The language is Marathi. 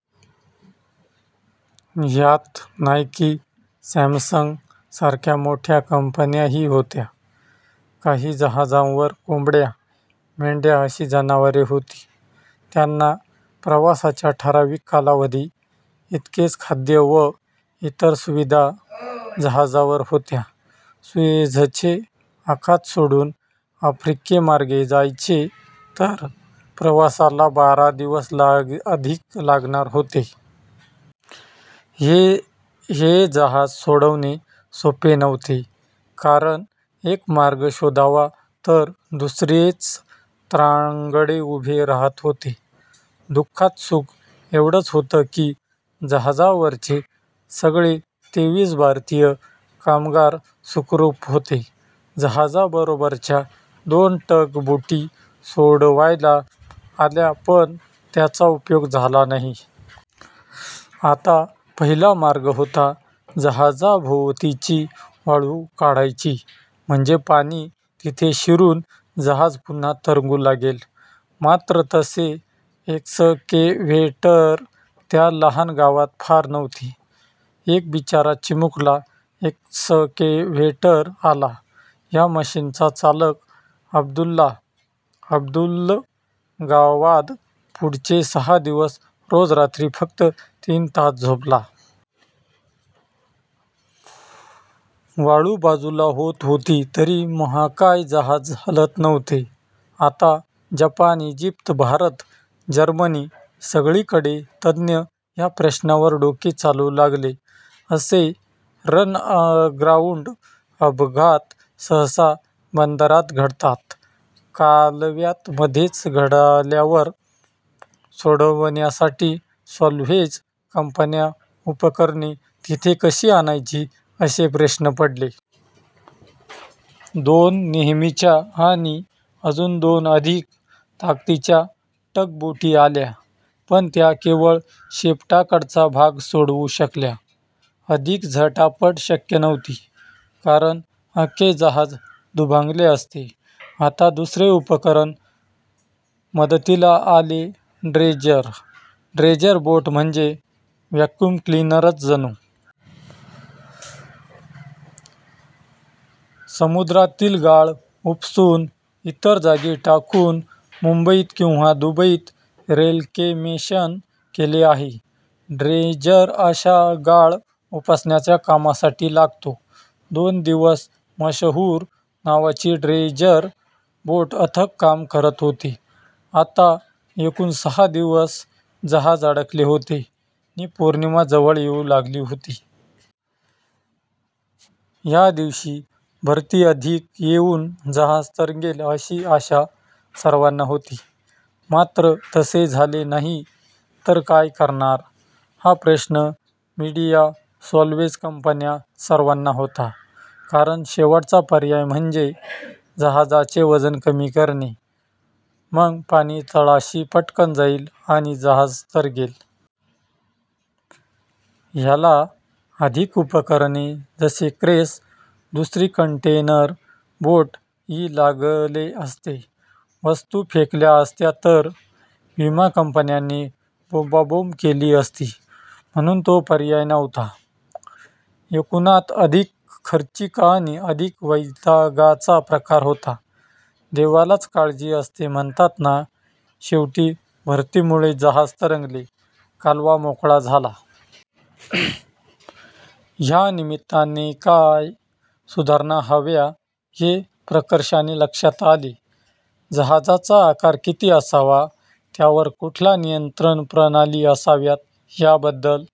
ह्यात नाईकी, सॅमसंग सारख्या मोठ्या कंपन्याही होत्या. काही जहाजांवर कोंबड्या, मेंढ्या अशी जनावरे होती. त्यांना प्रवासाच्या ठराविक कालावधी इतकेच खाद्य व इतर सुविधा जहाजावर होत्या. सुएझचे आखात सोडून आफ्रिकेमार्गे जायचे तर प्रवासाला बारा दिवस अधिक लागणार होते. हे जहाज सोडवणे सोपे नव्हते, कारण एक मार्ग शोधावा तर दुसरेच त्रांगडे उभे राहत होते. दुःखात सुख एवढेच होते की जहाजावरचे सगळे तेवीस भारतीय कामगार सुखरूप होते. जहाजाबरोबरच्या दोन टग बोटी सोडवायला आल्या पण त्याचा उपयोग झाला नाही. आता पहिला मार्ग होता जहाजाभोवतीची वाळू काढायची म्हणजे पाणी तिथे शिरून जहाज पुन्हा तरंगू लागेल. मात्र तसे एक्सकेव्हेटर त्या लहान गावात फार नव्हते. एक बिचारा चिमुकला एक्सकेव्हेटर आला. ह्या मशीनचा चालक अब्दुल्ला अब्दुल गावाद पुढचे सहा दिवस रोज रात्री फक्त तीन तास झोपला. वाळू बाजूला होत होती तरी महाकाय जहाज हलत नव्हते. आता जपान, ईजिप्त, भारत, जर्मनी सगळीकडचे तज्ञ ह्या प्रश्नावर डोके चालवू लागले. असे 'रन अग्राउंड' अपघात सहसा बंदरात घडतात. कालव्यात मध्येच घडाल्यावर सोडवण्यासाठी साल्व्हेज कंपन्यांना उपकरणे तिथे कशी आणायची असे प्रश्न पडले. दोन नेहमीच्या आणि अजून दोन अधिक ताकदीच्या टग बोटी आल्या पण त्या केवळ शेपटाकडचा भाग सोडवू शकल्या. अधिक झटापट शक्य नव्हती कारण अख्खे जहाज दुभंगले असते. आता दुसरे उपकरण मदतीला आले ड्रेजर. ड्रेजर बोट म्हणजे व्हॅक्यूम क्लीनर जणू. समुद्रातील गाळ उपसून इतर जागी टाकून मुंबईत किंवा दुबईत 'रेक्लेमिशन' केले आहे. ड्रेजर अशा गाळ उपसण्याचा कामासाठी लागतो. दोन दिवस 'मशहूर' नावाची ड्रेजर बोट अथक काम करत होती. आता एकूण सहा दिवस जहाज अडकले होते नि पौर्णिमा जवळ येऊ लागली होती. ह्या दिवशी भरती अधिक येऊन जहाज तरंगेल अशी आशा सर्वाना होती. मात्र तसे झालं नाही तर काय करणार? हा प्रश्न मिडीया, साल्वेज कंपन्या सर्वाना होता. कारण शेवटचा पर्याय म्हणजे जहाजाचे वजन कमी करणे मग पाणी तळाशी पटकन जाईल आणि जहाज तरंगेल. ह्याला अधिक उपकरणे जसे क्रेन्स, दुसरी कंटेनर बोट इ लागले असते. वस्तू फेकल्या असत्या तर विमा कंपन्यांनी बोंबाबोंब केली असती म्हणून तो पर्याय नव्हता. एकूणात अधिक खर्चिक आणि अधिक वैतागाचा प्रकार होता. देवालाच काळजी असते म्हणतात ना, शेवटी भरतीमुळे जहाज तरंगले, कालवा मोकळा झाला! ह्या निमित्ताने काय सुधारणा हव्या हे प्रकर्षाने लक्षात आले. जहाजांचा आकार किती असावा, त्यावर कुठल्या नियंत्रण प्रणाली असाव्या ह्या बद्दल--